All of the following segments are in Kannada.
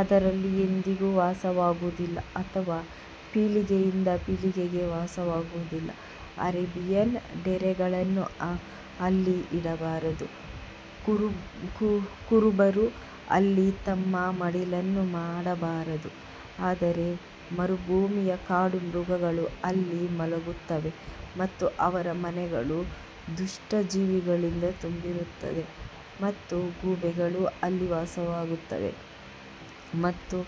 ಅದರಲ್ಲಿ ಎಂದಿಗೂ ವಾಸವಾಗುವುದಿಲ್ಲ ಅಥವಾ ಪೀಳಿಗೆಯಿಂದ ಪೀಳಿಗೆಗೆ ವಾಸಿಸುವದಿಲ್ಲ, ಅರೇಬಿಯನ್ ಡೇರೆಗಳನ್ನು ಅಲ್ಲಿ ಇಡಬಾರದು, ಕುರುಬರು ಅಲ್ಲಿ ತಮ್ಮ ಮಡಿಲನ್ನು ಮಾಡಬಾರದು. ಆದರೆ ಮರುಭೂಮಿಯ ಕಾಡು ಮೃಗಗಳು ಅಲ್ಲಿ ಮಲಗುತ್ತವೆ ಮತ್ತು ಅವರ ಮನೆಗಳು ದುಷ್ಟ ಜೀವಿಗಳಿಂದ ತುಂಬಿರುತ್ತವೆ ಮತ್ತು ಗೂಬೆಗಳು ಅಲ್ಲಿ ವಾಸಿಸುತ್ತವೆ ಮತ್ತು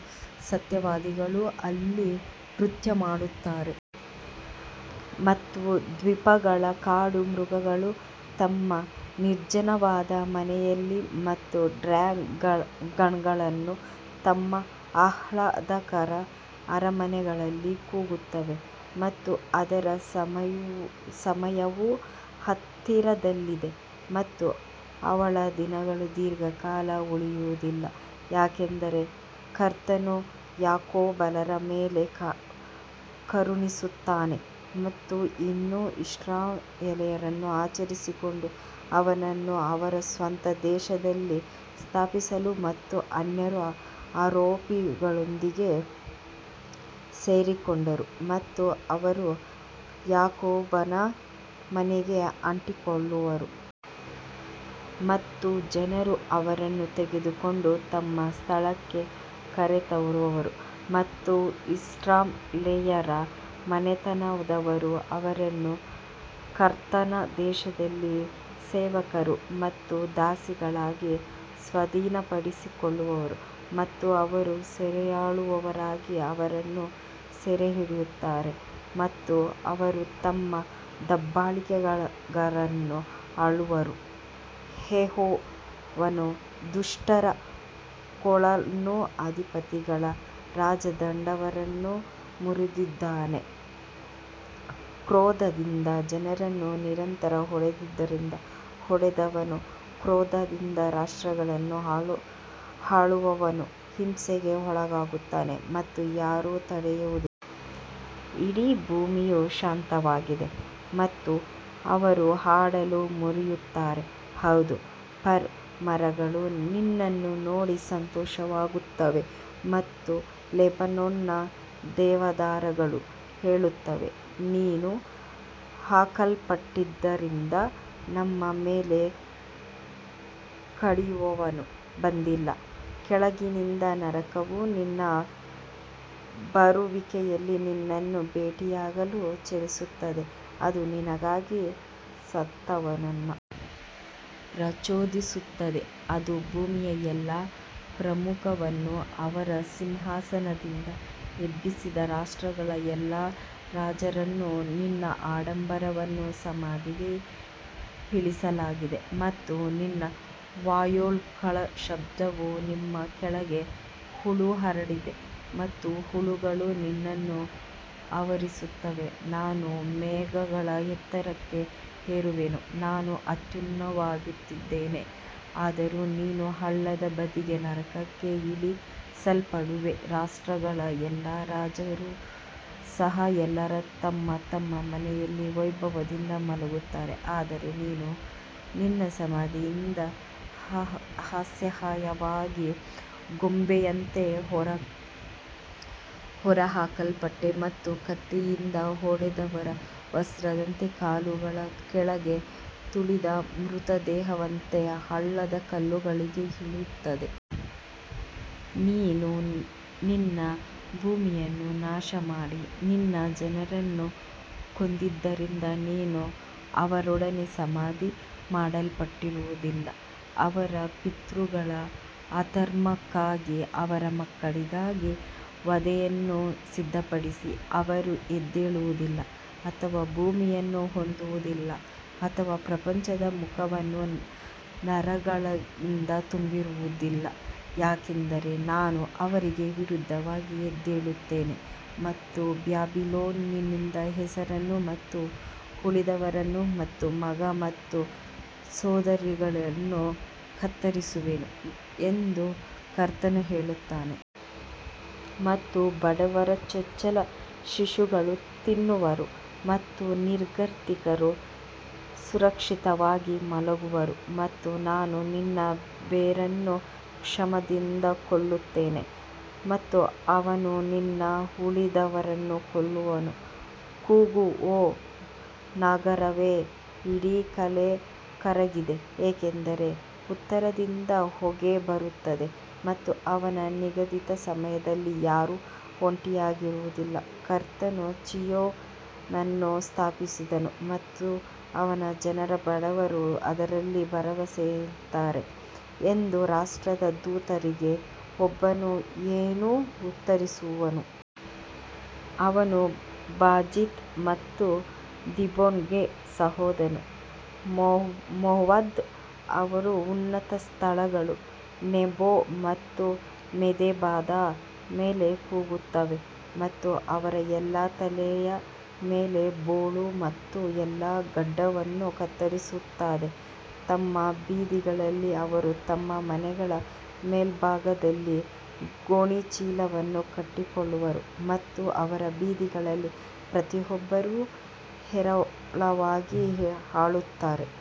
ಸತ್ಯವಾದಿಗಳು ಅಲ್ಲಿ ನೃತ್ಯ ಮಾಡುತ್ತಾರೆ. ಮತ್ತು ದ್ವೀಪಗಳ ಕಾಡು ಮೃಗಗಳು ತಮ್ಮ ನಿರ್ಜನವಾದ ಮನೆಗಳಲ್ಲಿ ಮತ್ತು ಡ್ರ್ಯಾಗನ್ಗಳು ತಮ್ಮ ಆಹ್ಲಾದಕರ ಅರಮನೆಗಳಲ್ಲಿ ಕೂಗುತ್ತವೆ ಮತ್ತು ಅದರ ಸಮಯವು ಹತ್ತಿರದಲ್ಲಿದೆ ಮತ್ತು ಅವಳ ದಿನಗಳು ದೀರ್ಘಕಾಲ ಉಳಿಯುವುದಿಲ್ಲ. ಯಾಕಂದರೆ ಕರ್ತನು ಯಾಕೋಬನ ಮೇಲೆ ಕರುಣಿಸುತ್ತಾನೆ ಮತ್ತು ಇನ್ನೂ ಇಸ್ರಾಯೇಲನ್ನು ಆರಿಸಿಕೊಂಡು ಅವರನ್ನು ಅವರ ಸ್ವಂತ ದೇಶದಲ್ಲಿ ಸ್ಥಾಪಿಸುವನು ಮತ್ತು ಅನ್ಯರು ಅವರೊಂದಿಗೆ ಸೇರಿಕೊಂಡರು ಮತ್ತು ಅವರು ಯಾಕೋಬನ ಮನೆಗೆ ಅಂಟಿಕೊಳ್ಳುವರು. ಮತ್ತು ಜನರು ಅವರನ್ನು ತೆಗೆದುಕೊಂಡು ತಮ್ಮ ಸ್ಥಳಕ್ಕೆ ಕರೆತರುವರು ಮತ್ತು ಇಸ್ರಾಯೇಲ್ಯರ ಮನೆತನದವರು ಅವರನ್ನು ಕರ್ತನ ದೇಶದಲ್ಲಿ ಸೇವಕರು ಮತ್ತು ದಾಸಿಗಳಿಗಾಗಿ ಸ್ವಾಧೀನಪಡಿಸಿಕೊಳ್ಳುವರು ಮತ್ತು ಅವರು ಸೆರೆಯಾಳುಗಳಾಗಿ ಅವರನ್ನು ಸೆರೆಹಿಡಿಯುತ್ತಾರೆ ಮತ್ತು ಅವರು ತಮ್ಮ ದಬ್ಬಾಳಿಕೆಗಾರರನ್ನು ಆಳುವರು. ಯೆಹೋವನು ದುಷ್ಟರ ಕೋಲನ್ನೂ ಅಧಿಪತಿಗಳ ರಾಜದಂಡವನ್ನೂ ಮುರಿದಿದ್ದಾನೆ ಕ್ರೋಧದಿಂದ ಜನರನ್ನು ನಿರಂತರ ಹೊಡೆತದಿಂದ ಹೊಡೆದವನು ಕ್ರೋಧದಿಂದ ರಾಷ್ಟ್ರಗಳನ್ನು ಆಳುವವನು ಹಿಂಸೆಗೆ ಒಳಗಾಗುತ್ತಾನೆ ಮತ್ತು ಯಾರೂ ತಡೆಯುವುದಿಲ್ಲ. ಇಡೀ ಭೂಮಿಯು ಶಾಂತವಾಗಿದೆ ಮತ್ತು ಅವರು ಹಾಡಲು ಮುರಿಯುತ್ತಾರೆ ಹೌದು, ಫರ್ ಮರಗಳು ನಿನ್ನನ್ನು ನೋಡಿ ಸಂತೋಷಪಡುತ್ತವೆ ಮತ್ತು ಲೆಬನೋನ್ನ ದೇವದಾರುಗಳು ಹೇಳುತ್ತವೆ, ನೀನು ಹಾಕಲ್ಪಟ್ಟಿದ್ದರಿಂದ ನಮ್ಮ ಮೇಲೆ ಕಡಿಯುವವನು ಬಂದಿಲ್ಲ ಕೆಳಗಿನಿಂದ ನರಕವು ನಿನ್ನ ಬರುವಿಕೆಯಲ್ಲಿ ನಿನ್ನನ್ನು ಭೇಟಿಯಾಗಲು ಚಲಿಸುತ್ತದೆ, ಅದು ನಿನಗಾಗಿ ಸತ್ತವರನ್ನು ಪ್ರಚೋದಿಸುತ್ತದೆ, ಅದು ಭೂಮಿಯ ಎಲ್ಲಾ ಪ್ರಮುಖರನ್ನು ಅವರ ಸಿಂಹಾಸನದಿಂದ ಎಬ್ಬಿಸಿದ ರಾಷ್ಟ್ರಗಳ ಎಲ್ಲಾ ರಾಜರನ್ನು ನಿನ್ನ ಆಡಂಬರವನ್ನು ಸಮಾಧಿಗೆ ಇಳಿಸಲಾಗಿದೆ ಮತ್ತು ನಿನ್ನ ವಯೋಲ್ಗಳ ಶಬ್ದವು ನಿಮ್ಮ ಕೆಳಗೆ ಹುಳು ಹರಡಿದೆ ಮತ್ತು ಹುಳುಗಳು ನಿನ್ನನ್ನು ಆವರಿಸುತ್ತವೆ ನಾನು ಮೇಘಗಳ ಎತ್ತರಕ್ಕೆ ಏರುವೆನು, ನಾನು ಅತ್ಯುನ್ನತನಾಗಿರುತ್ತೇನೆ ಆದರೂ ನೀನು ಹಳ್ಳದ ಬದಿಗೆ ನರಕಕ್ಕೆ ಇಳಿಸಲ್ಪಡುವೆ ರಾಷ್ಟ್ರಗಳ ಎಲ್ಲಾ ರಾಜರು ಸಹ ಎಲ್ಲರೂ ತಮ್ಮ ತಮ್ಮ ಮನೆಯಲ್ಲಿ ವೈಭವದಿಂದ ಮಲಗಿದ್ದಾರೆ ಆದರೆ ನೀನು ನಿನ್ನ ಸಮಾಧಿಯಿಂದ ಅಸಹ್ಯವಾದ ಕೊಂಬೆಯಂತೆ ಹೊರಹಾಕಲ್ಪಟ್ಟೆ ಮತ್ತು ಕತ್ತಿಯಿಂದ ಹೊಡೆದವರ ವಸ್ತ್ರದಂತೆ ಕಾಲುಗಳ ಕೆಳಗೆ ತುಳಿದ ಮೃತದೇಹದಂತೆ ಹಳ್ಳದ ಕಲ್ಲುಗಳಿಗೆ ಇಳಿಯುತ್ತದೆ. ನೀನು ನಿನ್ನ ಭೂಮಿಯನ್ನು ನಾಶಮಾಡಿ ನಿನ್ನ ಜನರನ್ನು ಕೊಂದಿದ್ದರಿಂದ ನೀನು ಅವರೊಡನೆ ಸಮಾಧಿ ಮಾಡಲ್ಪಡುವದಿಲ್ಲ ಅವರ ಪಿತೃಗಳ ಅಧರ್ಮಕ್ಕಾಗಿ ಅವರ ಮಕ್ಕಳಿಗಾಗಿ ವಧೆಯನ್ನು ಸಿದ್ಧಪಡಿಸಿ, ಅವರು ಎದ್ದೇಳುವುದಿಲ್ಲ ಅಥವಾ ಭೂಮಿಯನ್ನು ಹೊಂದುವುದಿಲ್ಲ ಅಥವಾ ಪ್ರಪಂಚದ ಮುಖವನ್ನು ನಗರಗಳಿಂದ ತುಂಬಿಸುವುದಿಲ್ಲ. ಯಾಕಂದರೆ ನಾನು ಅವರಿಗೆ ವಿರುದ್ಧವಾಗಿ ಎದ್ದೇಳುತ್ತೇನೆ ಮತ್ತು ಬ್ಯಾಬಿಲೋನ್ನಿಂದ ಹೆಸರನ್ನು ಮತ್ತು ಉಳಿದವರನ್ನು ಮತ್ತು ಮಗ ಮತ್ತು ಸೋದರಳಿಯನನ್ನು ಕತ್ತರಿಸುವೆನು ಎಂದು ಕರ್ತನು ಹೇಳುತ್ತಾನೆ. ಮತ್ತು ಬಡವರ ಚೊಚ್ಚಲ ಶಿಶುಗಳು ತಿನ್ನುವರು ಮತ್ತು ನಿರ್ಗತಿಕರು ಸುರಕ್ಷಿತವಾಗಿ ಮಲಗುವರು ಮತ್ತು ನಾನು ನಿನ್ನ ಬೇರನ್ನು ಕ್ಷಾಮದಿಂದ ಕೊಲ್ಲುತ್ತೇನೆ ಮತ್ತು ಅವನು ನಿನ್ನ ಉಳಿದವರನ್ನು ಕೊಲ್ಲುವನು. ಕೂಗು ಓ ನಗರವೇ, ಇಡೀ ಕಲೆ ಕರಗಿದೆ ಏಕೆಂದರೆ ಉತ್ತರದಿಂದ ಹೊಗೆ ಬರುತ್ತದೆ ಮತ್ತು ಅವನ ನಿಗದಿತ ಸಮಯದಲ್ಲಿ ಯಾರೂ ಒಂಟಿಯಾಗಿರುವುದಿಲ್ಲ ಕರ್ತನು ಚೀಯೋನನ್ನು ಸ್ಥಾಪಿಸಿದನು ಮತ್ತು ಅವನ ಜನರ ಬಡವರು ಅದರಲ್ಲಿ ಭರವಸೆಯಿಡುತ್ತಾರೆ ಎಂದು ರಾಷ್ಟ್ರದ ದೂತರಿಗೆ ಒಬ್ಬನು ಏನು ಉತ್ತರಿಸುವನು? ಅವನು ಬಾಜಿತ್ ಮತ್ತು ದೀಬೋನ್ಗೆ ಹೋದನು, ಮೋವಾಬ್ ಅಳಲು ಉನ್ನತ ಸ್ಥಳಗಳು ನೆಬೋ ಮತ್ತು ಮೆದೆಬಾದ ಮೇಲೆ ಕೂಗುತ್ತವೆ ಮತ್ತು ಅವರ ಎಲ್ಲಾ ತಲೆಯ ಮೇಲೆ ಬೋಳು ಮತ್ತು ಎಲ್ಲಾ ಗಡ್ಡವನ್ನು ಕತ್ತರಿಸಲಾಗುತ್ತದೆ. ತಮ್ಮ ಬೀದಿಗಳಲ್ಲಿ ಅವರು ತಮ್ಮ ಮನೆಗಳ ಮೇಲ್ಭಾಗದಲ್ಲಿ ಗೋಣಿಚೀಲವನ್ನು ಕಟ್ಟಿಕೊಳ್ಳುವರು ಮತ್ತು ಅವರ ಬೀದಿಗಳಲ್ಲಿ ಪ್ರತಿಯೊಬ್ಬರೂ ಹೇರಳವಾಗಿ ಅಳುತ್ತಾರೆ.